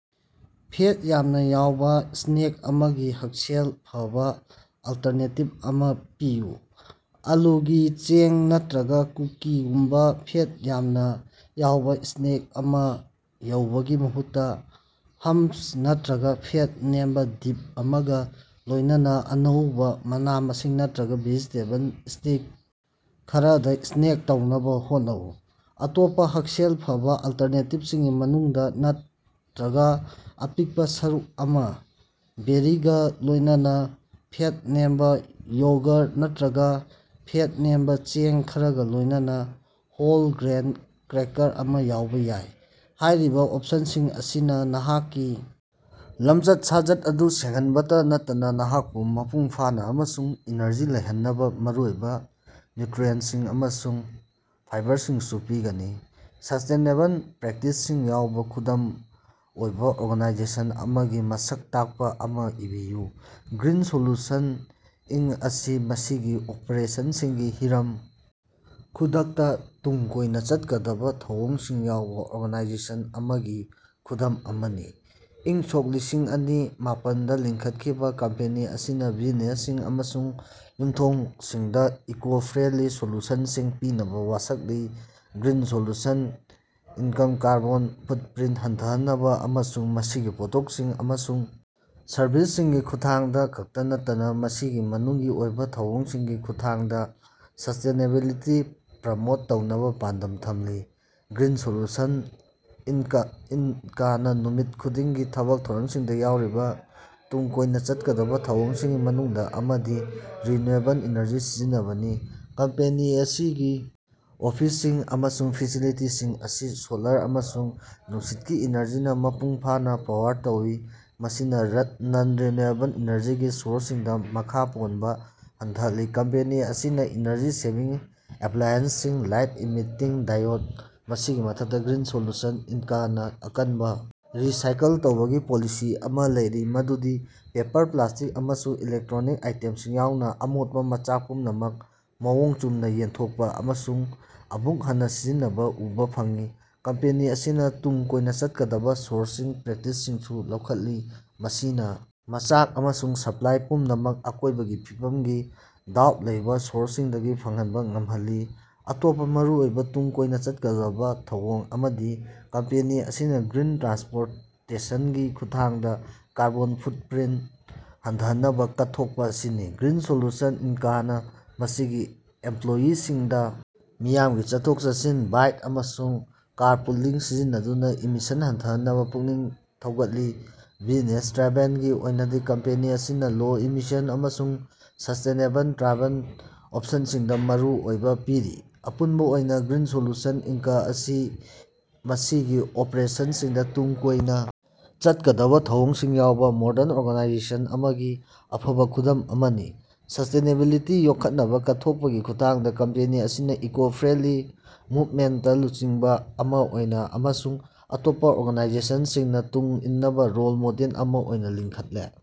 Fat ꯌꯥꯝꯅꯥ ꯌꯥꯎꯕꯥ snake ꯑꯃꯒꯤ ꯍꯛꯁꯦꯜ ꯐꯕꯥ ꯑꯜꯇꯔꯅꯦꯇꯤꯚ ꯑꯃꯥ ꯄꯤꯌꯨ꯫ ꯑꯥꯂꯨꯒꯤ ꯆꯦꯡ ꯅꯠꯇ꯭ꯔꯒꯥ ꯀꯨꯀꯤꯒꯨꯝꯕꯥ ꯐꯦꯠ ꯌꯥꯝꯅꯥ ꯌꯥꯎꯕꯥ ꯁ꯭ꯅꯦꯛ ꯑꯃꯥ ꯌꯧꯕꯒꯤ ꯃꯍꯨꯠꯇꯥ, ꯍꯝꯁ ꯅꯠꯇ꯭ꯔꯒꯥ ꯐꯦꯠ ꯅꯦꯝꯕꯥ ꯗꯤꯞ ꯑꯃꯒꯥ ꯂꯣꯏꯅꯅꯥ ꯑꯅꯧꯕꯥ ꯃꯅꯥ-ꯃꯁꯤꯡ ꯅꯠꯇ꯭ꯔꯒꯥ ꯚꯦꯖꯤꯇꯦꯕꯜ ꯁ꯭ꯇꯤꯛ ꯈꯔꯗꯥ ꯁ꯭ꯅꯦꯛ ꯇꯧꯅꯕꯥ ꯍꯣꯠꯅꯧ꯫ ꯑꯇꯣꯞꯄꯥ ꯍꯛꯁꯦꯜ ꯐꯕꯥ ꯑꯜꯇꯔꯅꯦꯇꯤꯚꯁꯤꯡꯒꯤ ꯃꯅꯨꯡꯗꯥ ꯅꯠꯇ꯭ꯔꯒꯤ ꯑꯄꯤꯛꯄꯥ ꯁꯔꯨꯛ ꯑꯃꯥ, ꯕꯦꯔꯤꯒꯥ ꯂꯣꯏꯅꯅꯥ ꯐꯦꯠ ꯅꯦꯝꯕꯥ ꯌꯣꯒꯔ ꯅꯠꯇ꯭ꯔꯒꯥ ꯐꯦꯠ ꯅꯦꯝꯕꯥ ꯆꯦꯡ ꯈꯔꯒꯥ ꯂꯣꯏꯅꯅꯥ ꯍꯣꯜ-ꯒ꯭ꯔꯦꯟ ꯀ꯭ꯔꯦꯀꯔ ꯑꯃꯥ ꯌꯥꯎꯕꯥ ꯌꯥꯏ꯫ ꯍꯥꯏꯔꯤꯕꯥ ꯑꯣꯞꯁꯟꯁꯤꯡ ꯑꯁꯤꯅꯥ ꯅꯍꯥꯛꯀꯤ ꯂꯝꯆꯠ-ꯁꯥꯖꯠ ꯑꯗꯨ ꯁꯦꯡꯍꯟꯕꯇꯥ ꯅꯠꯇꯅꯥ ꯅꯍꯥꯛꯄꯨ ꯃꯄꯨꯡ ꯐꯥꯅꯥ ꯑꯃꯁꯨꯡ ꯏꯅꯔꯖꯤ ꯂꯩꯍꯟꯅꯕꯥ ꯃꯔꯨꯑꯣꯏꯕꯥ ꯅ꯭ꯌꯨꯇ꯭ꯔꯤꯑꯦꯟꯇꯁꯤꯡ ꯑꯃꯁꯨꯡ ꯐꯤꯕꯔꯁꯤꯡꯁꯨ ꯄꯤꯒꯅꯤ꯫ ꯁꯁ꯭ꯇꯦꯅꯦꯕꯜ ꯄ꯭ꯔꯦꯛꯇꯤꯁꯁꯤꯡ ꯌꯥꯎꯕꯥ ꯈꯨꯗꯝ ꯑꯣꯏꯕꯥ ꯑꯣꯔꯒꯥꯅꯥꯏꯖꯦꯁꯟ ꯑꯃꯒꯤ ꯃꯁꯛ ꯇꯥꯛꯄꯥ ꯑꯃꯥ ꯏꯕꯤꯌꯨ꯫ ꯒ꯭ꯔꯤꯟ ꯁꯣꯂꯨꯁꯟ ꯏꯟꯀ ꯑꯁꯤ ꯃꯁꯤꯒꯤ ꯑꯣꯄꯔꯦꯁꯟꯁꯤꯡꯒꯤ ꯍꯤꯔꯝ ꯈꯨꯗꯤꯡꯃꯛꯇꯥ ꯇꯨꯡ ꯀꯣꯏꯅꯥ ꯆꯠꯀꯗꯕꯥ ꯊꯧꯑꯣꯡꯁꯤꯡ ꯌꯥꯎꯕꯥ ꯑꯣꯔꯒꯅꯥꯏꯖꯦꯁꯟ ꯑꯃꯒꯤ ꯈꯨꯗꯝ ꯑꯃꯅꯤ꯫ꯏꯪ ꯁꯣꯛ ꯂꯤꯁꯤꯡꯑꯅꯤ ꯃꯥꯄꯟꯗꯥ ꯂꯤꯡꯈꯠꯈꯤꯕꯥ ꯀꯝꯄꯦꯅꯤ ꯑꯁꯤꯅꯥ ꯕꯤꯖꯤꯅꯦꯁꯁꯤꯡ ꯑꯃꯁꯨꯡ ꯌꯨꯝꯊꯣꯡꯁꯤꯡꯗꯥ ꯏꯀꯣ-ꯐ꯭ꯔꯦꯟꯗꯂꯤ ꯁꯣꯂꯨꯁꯅꯁꯤꯡ ꯄꯤꯅꯕꯥ ꯋꯥꯁꯛꯂꯤ꯫ ꯒ꯭ꯔꯤꯟ ꯁꯣꯂꯨꯁꯟ ꯏꯟꯀꯅꯥ ꯀꯥꯔꯕꯣꯟ ꯐꯨꯠꯄ꯭ꯔꯤꯟꯇ ꯍꯟꯊꯍꯟꯅꯕꯥ ꯑꯃꯁꯨꯡ ꯃꯁꯤꯒꯤ ꯄꯣꯠꯊꯣꯛꯁꯤꯡ ꯑꯃꯁꯨꯡ ꯁꯔꯕꯤꯁꯁꯤꯡꯒꯤ ꯈꯨꯠꯊꯥꯡꯗꯥ ꯈꯛꯇꯥ ꯅꯠꯇꯅꯥ ꯃꯁꯤꯒꯤ ꯃꯅꯨꯡꯒꯤ ꯑꯣꯏꯕꯥ ꯊꯧꯑꯣꯡꯁꯤꯡꯒꯤ ꯈꯨꯠꯊꯥꯡꯗꯥ ꯁꯁ꯭ꯇꯦꯅꯦꯕꯤꯂꯤꯇꯤ ꯄ꯭ꯔꯃꯣꯠ ꯇꯧꯅꯕꯥ ꯄꯥꯟꯗꯝ ꯊꯝꯂꯤ꯫ ꯒ꯭ꯔꯤꯟ ꯁꯣꯂꯨꯁꯟ ꯏꯟꯀꯅꯥ ꯅꯨꯃꯤꯠ ꯈꯨꯗꯤꯡꯒꯤ ꯊꯕꯛ ꯊꯧꯔꯝꯁꯤꯡꯗꯥ ꯌꯥꯎꯔꯤꯕꯥ ꯇꯨꯡ ꯀꯣꯏꯅꯥ ꯆꯠꯀꯗꯕꯥ ꯊꯧꯑꯣꯡꯁꯤꯡꯒꯤ ꯃꯅꯨꯡꯗꯥ ꯑꯃꯗꯤ ꯔꯤꯅ꯭ꯌꯨꯑꯦꯕꯜ ꯏꯅꯔꯖꯤ ꯁꯤꯖꯤꯟꯅꯕꯅꯤ꯫ ꯀꯝꯄꯦꯅꯤ ꯑꯁꯤꯒꯤ ꯑꯣꯐꯤꯁꯁꯤꯡ ꯑꯃꯁꯨꯡ ꯐꯦꯁꯤꯂꯤꯇꯤꯁꯤꯡ ꯑꯁꯤ ꯁꯣꯂꯔ ꯑꯃꯁꯨꯡ ꯅꯨꯡꯁꯤꯠꯀꯤ ꯏꯅꯔꯖꯤꯅꯥ ꯃꯄꯨꯡ ꯐꯥꯅꯥ ꯄꯥꯋꯔ ꯇꯧꯏ, ꯃꯁꯤꯅꯥ ꯅꯟ-ꯔꯤꯅ꯭ꯌꯨꯑꯦꯕꯜ ꯏꯅꯔꯖꯤꯒꯤ ꯁꯣꯔꯁꯁꯤꯡꯗꯥ ꯃꯈꯥ ꯄꯣꯟꯕꯥ ꯍꯟꯊꯍꯜꯂꯤ꯫ ꯀꯝꯄꯦꯅꯤ ꯑꯁꯤꯅꯥ ꯏꯅꯔꯖꯤ ꯁꯦꯚꯤꯡ ꯑꯦꯄ꯭ꯂꯥꯏꯑꯦꯟꯁꯁꯤꯡ, ꯂꯥꯏꯠ ꯏꯃꯤꯠꯇꯤꯡ ꯗꯥꯏꯑꯣꯠ ꯃꯁꯤꯒꯤ ꯃꯊꯛꯇꯥ, ꯒ꯭ꯔꯤꯟ ꯁꯣꯂꯨꯁꯟ ꯏꯟꯀꯅꯥ ꯑꯀꯟꯕꯥ ꯔꯤꯁꯥꯏꯀꯜ ꯇꯧꯕꯒꯤ ꯄꯣꯂꯤꯁꯤ ꯑꯃꯥ ꯂꯩꯔꯤ ꯃꯗꯨꯗꯤ ꯄꯦꯄꯔ, ꯄ꯭ꯂꯥꯁꯇꯤꯛ ꯑꯃꯁꯨꯡ ꯏꯂꯦꯛꯇ꯭ꯔꯣꯅꯤꯛ ꯑꯥꯏꯇꯦꯝꯁꯤꯡ ꯌꯥꯎꯅꯥ ꯑꯃꯣꯠꯄꯥ ꯃꯆꯥꯛ ꯄꯨꯝꯅꯃꯛ ꯃꯑꯣꯡ ꯆꯨꯝꯅꯥ ꯌꯦꯟꯊꯣꯛꯄꯥ ꯑꯃꯁꯨꯡ ꯑꯃꯨꯛ ꯍꯟꯅꯥ ꯁꯤꯖꯤꯟꯅꯕꯥ ꯎꯕꯥ ꯐꯪꯏ꯫ ꯀꯝꯄꯦꯅꯤ ꯑꯁꯤꯅꯥ ꯇꯨꯡ ꯀꯣꯏꯅꯥ ꯆꯠꯀꯗꯕꯥ ꯁꯣꯔꯁꯁꯤꯡ ꯄ꯭ꯔꯦꯛꯇꯤꯁꯁꯤꯡꯁꯨ ꯂꯧꯈꯠꯂꯤ, ꯃꯁꯤꯅꯥ ꯃꯆꯥꯛ ꯑꯃꯁꯨꯡ ꯁꯄ꯭ꯂꯥꯏ ꯄꯨꯝꯅꯃꯛ ꯑꯀꯣꯏꯕꯒꯤ ꯐꯤꯕꯝꯒꯤ ꯗꯥꯎꯠ ꯂꯩꯕꯥ ꯁꯣꯔꯁꯁꯤꯡꯗꯒꯤ ꯐꯪꯍꯟꯕꯥ ꯉꯝꯍꯜꯂꯤ꯫ ꯑꯇꯣꯞꯄꯥ ꯃꯔꯨꯑꯣꯏꯕꯥ ꯇꯨꯡ ꯀꯣꯏꯅꯥ ꯆꯠꯀꯗꯕꯥ ꯊꯧꯑꯣꯡ ꯑꯃꯗꯤ ꯀꯝꯄꯦꯅꯤ ꯑꯁꯤꯅꯥ ꯒ꯭ꯔꯤꯟ ꯇ꯭ꯔꯥꯟꯁꯄꯣꯔꯇꯦꯁꯅꯒꯤ ꯈꯨꯠꯊꯥꯡꯗꯥ ꯀꯥꯔꯕꯣꯟ ꯐꯨꯠꯄ꯭ꯔꯤꯟꯇ ꯍꯟꯊꯍꯟꯅꯕꯥ ꯀꯠꯊꯣꯛꯄꯥ ꯑꯁꯤꯅꯤ꯫ ꯒ꯭ꯔꯤꯟ ꯁꯣꯂꯨꯁꯟ ꯏꯟꯀꯅꯥ ꯃꯁꯤꯒꯤ ꯏꯃꯄ꯭ꯂꯣꯌꯤꯁꯤꯡꯗꯥ ꯃꯤꯌꯥꯝꯒꯤ ꯆꯠꯊꯣꯛ-ꯆꯠꯁꯤꯟ, ꯕꯥꯏꯛ ꯑꯃꯁꯨꯡ ꯀꯥꯔꯄꯨꯂꯤꯡ ꯁꯤꯖꯤꯟꯅꯗꯨꯅꯥ ꯏꯃꯤꯁꯟ ꯍꯟꯊꯍꯟꯅꯕꯥ ꯄꯨꯛꯅꯤꯡ ꯊꯧꯒꯠꯂꯤ꯫ ꯕꯤꯖꯤꯅꯦꯁ ꯇ꯭ꯔꯥꯚꯦꯜꯒꯤ ꯑꯣꯏꯅꯗꯤ ꯀꯝꯄꯦꯅꯤ ꯑꯁꯤꯅꯥ ꯂꯣ-ꯏꯃꯤꯁꯟ ꯑꯃꯁꯨꯡ ꯁꯁ꯭ꯇꯦꯅꯦꯕꯜ ꯇ꯭ꯔꯥꯚꯦꯜ ꯑꯣꯞꯁꯟꯁꯤꯡꯗꯥ ꯃꯔꯨ ꯑꯣꯏꯕꯥ ꯄꯤꯔꯤ꯫ ꯑꯄꯨꯟꯕꯥ ꯑꯣꯏꯅꯥ, ꯒ꯭ꯔꯤꯟ ꯁꯣꯂꯨꯁꯟ ꯏꯟꯀ ꯑꯁꯤ ꯃꯁꯤꯒꯤ ꯑꯣꯄꯔꯦꯁꯟꯁꯤꯡꯗꯥ ꯇꯨꯡ ꯀꯣꯏꯅꯥ ꯆꯠꯀꯗꯕꯥ ꯊꯧꯑꯣꯡꯁꯤꯡ ꯌꯥꯎꯕꯥ ꯃꯣꯔꯗꯟ ꯑꯣꯔꯒꯅꯥꯏꯖꯦꯁꯟ ꯑꯃꯒꯤ ꯑꯐꯕꯥ ꯈꯨꯗꯝ ꯑꯃꯅꯤ꯫ ꯁꯁ꯭ꯇꯦꯅꯦꯕꯤꯂꯤꯇꯤ ꯌꯣꯛꯈꯠꯅꯕꯥ ꯀꯠꯊꯣꯛꯄꯒꯤ ꯈꯨꯠꯊꯥꯡꯗꯥ ꯀꯝꯄꯦꯅꯤ ꯑꯁꯤꯅꯥ ꯏꯀꯣ-ꯐ꯭ꯔꯦꯟꯗꯂꯤ ꯃꯨꯕꯃꯦꯟꯇꯇꯥ ꯂꯨꯆꯤꯡꯕꯥ ꯑꯃꯥ ꯑꯣꯏꯅꯥ ꯑꯃꯁꯨꯡ ꯑꯇꯣꯞꯄꯥ ꯑꯣꯔꯒꯅꯥꯏꯖꯦꯁꯅꯁꯤꯡꯅꯥ ꯇꯨꯡ ꯏꯟꯅꯕꯥ ꯔꯣꯜ ꯃꯣꯗꯦꯜ ꯑꯃꯥ ꯑꯣꯏꯅꯥ ꯂꯤꯡꯈꯠꯂꯦ꯫